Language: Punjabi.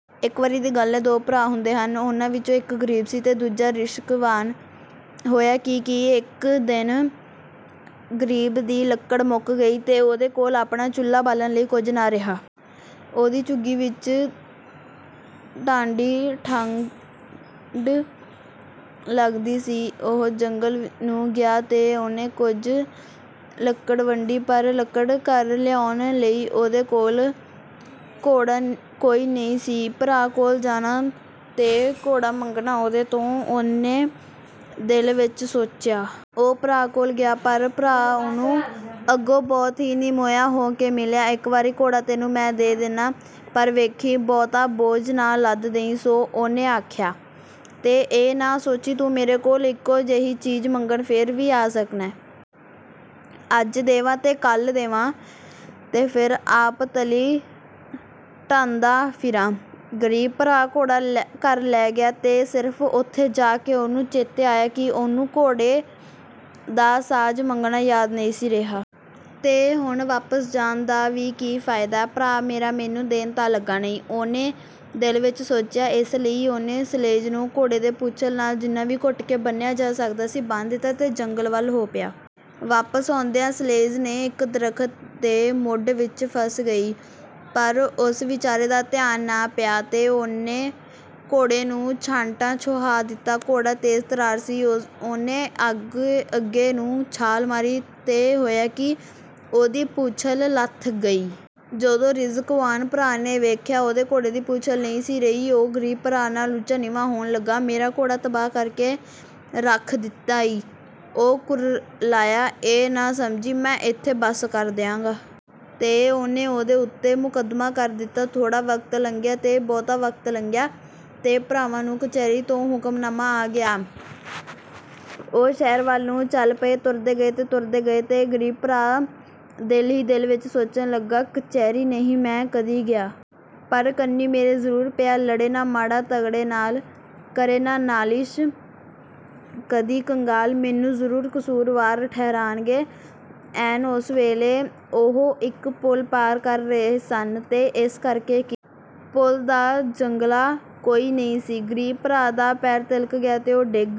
ਇੱਕ ਵਾਰੀ ਦੀ ਗੱਲ ਏ, ਦੋ ਭਰਾ ਹੁੰਦੇ ਸਨ। ਉਹਨਾਂ ਵਿਚੋਂ ਇੱਕ ਗ਼ਰੀਬ ਸੀ ਤੇ ਦੂਜਾ ਰਿਜ਼ਕਵਾਨ। ਹੋਇਆ ਕੀ ਕਿ ਇੱਕ ਦਿਨ ਗ਼ਰੀਬ ਦੀ ਲੱਕੜ ਮੁੱਕ ਗਈ, ਤੇ ਉਹਦੇ ਕੋਲ ਆਪਣਾ ਚੁਲ੍ਹਾ ਬਾਲਣ ਲਈ ਕੁਝ ਨਾ ਰਿਹਾ। ਉਹਦੀ ਝੁੱਗੀ ਵਿੱਚ ਡਾਢੀ ਠੰਢ ਲੱਗਦੀ ਸੀ। ਉਹ ਜੰਗਲ ਨੂੰ ਗਿਆ ਤੇ ਉਹਨੇ ਕੁਝ ਲੱਕੜ ਵੱਢੀ, ਪਰ ਲੱਕੜ ਘਰ ਲਿਆਉਣ ਲਈ ਉਹਦੇ ਕੋਲ ਘੋੜਾ ਕੋਈ ਨਹੀਂ ਸੀ। "ਭਰਾ ਕੋਲ ਜਾਨਾਂ ਤੇ ਘੋੜਾ ਮੰਗਨਾਂ ਉਹਦੇ ਤੋਂ," ਉਹਨੇ ਦਿਲ ਵਿੱਚ ਸੋਚਿਆ। ਉਹ ਭਰਾ ਕੋਲ ਗਿਆ, ਪਰ ਭਰਾ ਉਹਨੂੰ ਅੱਗੋਂ ਬਹੁਤ ਹੀ ਨਿਮੋਹਿਆ ਹੋ ਕੇ ਮਿਲਿਆ। "ਇਕ ਵਾਰੀ ਘੋੜਾ ਤੈਨੂੰ ਮੈਂ ਦੇ ਦੇਨਾਂ, ਪਰ ਵੇਖੀਂ, ਬਹੁਤਾ ਬੋਝ ਨਾ ਲੱਦ ਦਈਂ ਸੂ," ਉਹਨੇ ਆਖਿਆ। "ਤੇ ਇਹ ਨਾ ਸੋਚੀਂ, ਤੂੰ ਮੇਰੇ ਕੋਲ ਇਹੋ ਜਿਹੀ ਚੀਜ਼ ਮੰਗਣ ਫੇਰ ਵੀ ਆ ਸਕਣੈ। ਅੱਜ ਦੇਵਾਂ, ਤੇ ਕੱਲ੍ਹ ਦੇਵਾਂ, ਤੇ ਫੇਰ ਆਪ ਤਲੀ ਟੱਡਦਾ ਫਿਰਾਂ।" ਗ਼ਰੀਬ ਭਰਾ ਘੋੜਾ ਘਰ ਲੈ ਗਿਆ, ਤੇ ਸਿਰਫ਼ ਓਥੇ ਜਾ ਕੇ ਉਹਨੂੰ ਚੇਤੇ ਆਇਆ ਕਿ ਉਹਨੂੰ ਘੋੜੇ ਦਾ ਸਾਜ਼ ਮੰਗਣਾ ਯਾਦ ਨਹੀਂ ਸੀ ਰਿਹਾ। "ਤੇ ਹੁਣ ਵਾਪਸ ਜਾਣ ਦਾ ਵੀ ਕੀ ਫ਼ਾਇਦੈ, ਭਰਾ ਮੇਰਾ ਮੈਨੂੰ ਦੇਣ ਤਾਂ ਲੱਗਾ ਨਹੀਂ," ਉਹਨੇ ਦਿਲ ਵਿੱਚ ਸੋਚਿਆ। ਇਸ ਲਈ ਉਹਨੇ ਸਲੇਜ ਨੂੰ ਘੋੜੇ ਦੇ ਪੂਛਲ ਨਾਲ ਜਿੰਨਾ ਵੀ ਘੁੱਟ ਕੇ ਬੰਨ੍ਹਿਆ ਜਾ ਸਕਦਾ ਸੀ, ਬੰਨ੍ਹ ਦਿੱਤਾ, ਤੇ ਜੰਗਲ ਵੱਲ ਹੋ ਪਿਆ। ਵਾਪਸ ਆਉਂਦਿਆਂ ਸਲੇਜ ਇੱਕ ਦਰੱਖ਼ਤ ਦੇ ਮੁੱਢ ਵਿੱਚ ਫਸ ਗਈ, ਪਰ ਉਸ ਵਿਚਾਰੇ ਦਾ ਧਿਆਨ ਨਾ ਪਿਆ, ਤੇ ਉਹਨੇ ਘੋੜੇ ਨੂੰ ਛਾਂਟਾ ਛੁਹਾ ਦਿੱਤਾ। ਘੋੜਾ ਤੇਜ਼-ਤਰਾਰ ਸੀ; ਉਹਨੇ ਅੱਗੇ ਨੂੰ ਛਾਲ ਮਾਰੀ ਤੇ ਹੋਇਆ ਕੀ, ਉਹਦੀ ਪੂਛਲ ਲੱਥ ਗਈ। ਜਦੋਂ ਰਿਜ਼ਕਵਾਨ ਭਰਾ ਨੇ ਵੇਖਿਆ, ਉਹਦੇ ਘੋੜੇ ਦੀ ਪੂਛਲ ਨਹੀਂ ਸੀ ਰਹੀ, ਉਹ ਗ਼ਰੀਬ ਭਰਾ ਨਾਲ ਉੱਚਾ-ਨੀਵਾਂ ਹੋਣ ਲੱਗਾ। "ਮੇਰਾ ਘੋੜਾ ਤਬਾਹ ਕਰ ਕੇ ਰੱਖ ਦਿੱਤਾ ਈ!" ਉਹ ਕੁਰਲਾਇਆ। "ਇਹ ਨਾ ਸਮਝੀਂ, ਮੈਂ ਏਥੇ ਬੱਸ ਕਰ ਦਿਆਂਗਾ!" ਤੇ ਉਹਨੇ ਉਹਦੇ ਉਤੇ ਮੁਕੱਦਮਾ ਕਰ ਦਿੱਤਾ। ਥੋੜ੍ਹਾ ਵਕਤ ਲੰਘਿਆ ਤੇ ਬਹੁਤਾ ਵਕਤ ਲੰਘਿਆ, ਤੇ ਭਰਾਵਾਂ ਨੂੰ ਕਚਹਿਰੀ ਤੋਂ ਹੁਕਮਨਾਮਾ ਆ ਗਿਆ। ਉਹ ਸ਼ਹਿਰ ਵੱਲ ਨੂੰ ਚਲ ਪਏ, ਤੁਰਦੇ ਗਏ ਤੇ ਤੁਰਦੇ ਗਏ, ਤੇ ਗ਼ਰੀਬ ਭਰਾ ਦਿਲ ਹੀ ਦਿਲ ਵਿੱਚ ਸੋਚਣ ਲੱਗਾ, "ਕਚਹਿਰੀਏ ਨਹੀਂ ਮੈਂ ਕਦੀ ਗਿਆ। ਪਰ ਕੰਨੀਂ ਮੇਰੇ ਜ਼ਰੂਰ ਪਿਆ। ਲੜੇ ਨਾ ਮਾੜਾ ਤਗੜੇ ਨਾਲ। ਕਰੇ ਨਾ ਨਾਲਿਸ਼ ਕਦੀ ਕੰਗਾਲ। ਮੈਨੂੰ ਜ਼ਰੂਰ ਕਸੂਰਵਾਰ ਠਹਿਰਾਣਗੇ।" ਐਨ ਉਸ ਵੇਲੇ ਉਹ ਇੱਕ ਪੁਲ ਪਾਰ ਕਰ ਰਹੇ ਸਨ, ਤੇ ਏਸ ਕਰਕੇ ਕਿ ਪੁਲ ਦਾ ਜੰਗਲਾ ਕੋਈ ਨਹੀਂ ਸੀ, ਗ਼ਰੀਬ ਭਰਾ ਦਾ ਪੈਰ ਤਿਲਕ ਗਿਆ ਤੇ ਉਹ ਡਿਗ